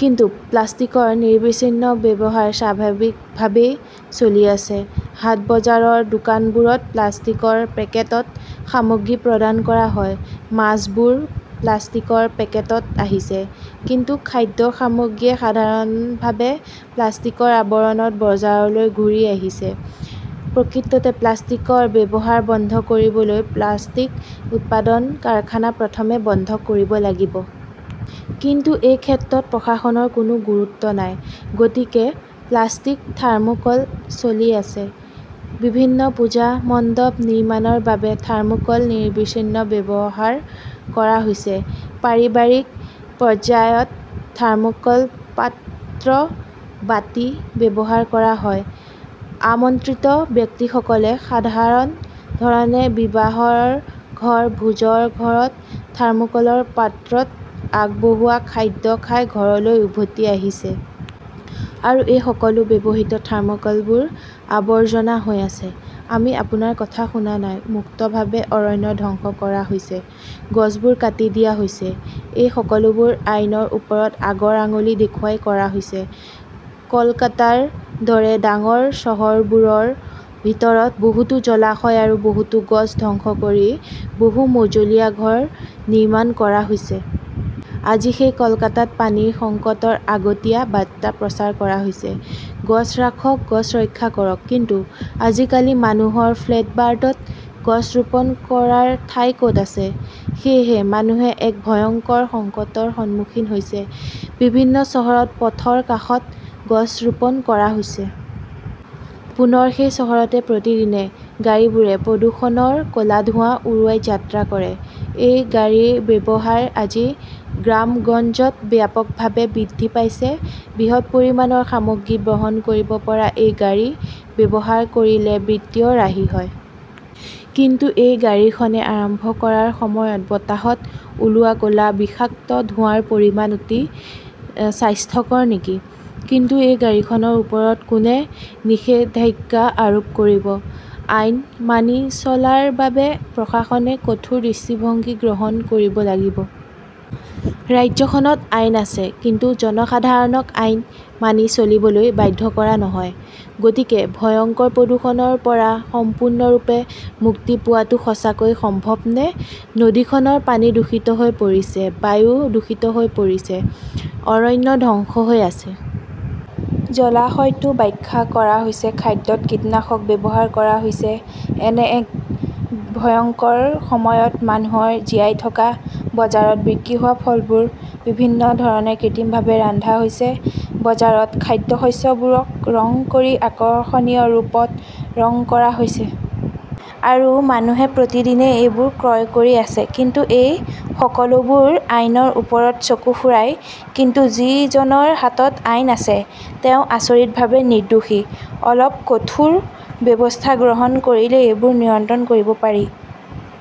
কিন্তু প্লাষ্টিকৰ নিৰবিচ্ছিন্ন ব্যৱহাৰ স্বাভাৱিকভাৱেই চলি আছে'। হাট বজাৰৰ দোকানবোৰত প্লাষ্টিকৰ পেকেটত সামগ্ৰী প্ৰদান কৰা হয়। মাছবোৰ প্লাষ্টিকৰ পেকেটত আহিছে। বিভিন্ন খাদ্য সামগ্ৰীয়ে সাধাৰণভাৱে প্লাষ্টিকৰ আৱৰণত বজাৰলৈ ঘূৰি আহিছে। প্ৰকৃততে প্লাষ্টিকৰ ব্যৱহাৰ বন্ধ কৰিবলৈ প্লাষ্টিক উৎপাদন কাৰখানা প্ৰথমে বন্ধ কৰিব লাগিব। কিন্তু এই ক্ষেত্ৰত প্ৰশাসনৰ কোনো গুৰুত্ব নাই। গতিকে প্লাষ্টিক, থাৰ্মোকোল চলি আছে। বিভিন্ন পূজা মণ্ডপ নিৰ্মাণৰ বাবে থাৰ্মোকোল নিৰবিচ্ছিন্ন ব্যৱহাৰ কৰা হৈছে। পাৰিবাৰিক পৰ্যায়ত থাৰ্মোকোল পাত্ৰ, বাতি ব্যৱহাৰ কৰা হয়। আমন্ত্ৰিত ব্যক্তিসকলে সাধাৰণ ধৰণে বিবাহৰ ঘৰ, ভোজৰ ঘৰত থাৰ্মকোলৰ পাত্ৰত আগবঢ়োৱা খাদ্য খাই ঘৰলৈ উভতি আহিছে। আৰু সেই সকলো ব্যৱহৃত থাৰ্মোকোলবোৰ আবৰ্জনা হৈ আছে। আমি আপোনাৰ কথা শুনা নাই। মুক্তভাৱে অৰণ্য ধ্বংস কৰা হৈছে। গছবোৰ কাটি দিয়া হৈছে। এই সকলোবোৰ আইনৰ ওপৰত আগৰ আঙুলি দেখুৱাই কৰা হৈছিল। কলকাতাৰ দৰে ডাঙৰ চহৰসমূহৰ ভিতৰত বহুতো জলাশয় আৰু বহুতো গছ ধ্বংস কৰি বহু-মজলীয়া ঘৰ নিৰ্মাণ কৰা হৈছে। আজি সেই কলকাতাত পানীৰ সংকটৰ আগতীয়া বাৰ্তা প্ৰচাৰ কৰা হৈছে, গছ ৰাখক, গছ ৰক্ষা কৰক। কিন্তু আজিকালি মানুহৰ ফ্লেটবাৰ্ডত গছ ৰোপণ কৰাৰ ঠাই ক'ত আছে? সেয়েহে মানুহে এক ভয়ংকৰ সংকটৰ সন্মুখীন হৈছে। বিভিন্ন চহৰত পথৰ কাষত গছ ৰোপণ কৰা হৈছে। পুনৰ সেই চহৰতে প্ৰতিদিনে গাড়ীবোৰে প্ৰদূষণৰ ক 'লা ধোঁৱা উৰুৱাই যাত্ৰা কৰে। এই গাড়ীৰ ব্যৱহাৰ আজি গ্ৰামগঞ্জত ব্যাপকভাৱে বৃদ্ধি পাইছে। বৃহৎ পৰিমাণৰ সামগ্ৰী বহন কৰিব পৰা এই গাড়ী ব্যৱহাৰ কৰিলে বিত্তীয় ৰাহি হয়। কিন্তু এই গাড়ীখনৱে আৰম্ভ কৰাৰ সময়ত বতাহত ওলোৱা ক'লা বিষাক্ত ধোঁৱাৰ পৰিমাণ অতি স্বাস্থ্যকৰ নেকি? কিন্তু এই গাড়ীখনৰ ওপৰত কোনে নিষেধাজ্ঞা আৰোপ কৰিব? আইন মানি চলাৰ বাবে প্ৰশাসনে কঠোৰ দৃষ্টিভংগী গ্ৰহণ কৰিব লাগিব। ৰাজ্যখনত আইন আছে কিন্তু জনসাধাৰণক আইন মানি চলিবলৈ বাধ্য কৰা নহয়। গতিকে ভয়ংকৰ প্ৰদূষণৰ পৰা সম্পূৰ্ণৰূপে মুক্তি পোৱাটো সঁচাকৈয়ে সম্ভৱনে? নদীখনৰ পানী দূষিত হৈ পৰিছে। বায়ু দূষিত হৈ পৰিছে। অৰণ্য ধ্বংস হৈ আছে। জলাশয়টো ব্যাখ্যা কৰা হৈছে। খাদ্যত কীটনাশক ব্যৱহাৰ কৰা হৈছে। এনে এক ভয়ংকৰ সময়ত মানুহৰ জীয়াই থকা। বজাৰত বিক্ৰী হোৱা ফলবোৰ বিভিন্ন ধৰণে কৃত্ৰিমভাৱে ৰন্ধা হৈছে। বজাৰত খাদ্যশস্যবোৰক ৰং কৰি আকৰ্ষণীয় ৰূপত ৰং কৰা হৈছে। আৰু মানুহে প্ৰতিদিনে এইবোৰ ক্ৰয় কৰি আছে। কিন্তু এই সকলোবোৰ আইনৰ ওপৰত চকু ফুৰাই। কিন্তু যিজনৰ হাতত আইন আছে, তেওঁ আচৰিতভাৱে নিৰ্দোষী। অলপ কঠোৰ ব্যৱস্থা গ্ৰহণ কৰিলে সেইবোৰ নিয়ন্ত্ৰণ কৰিব পাৰি।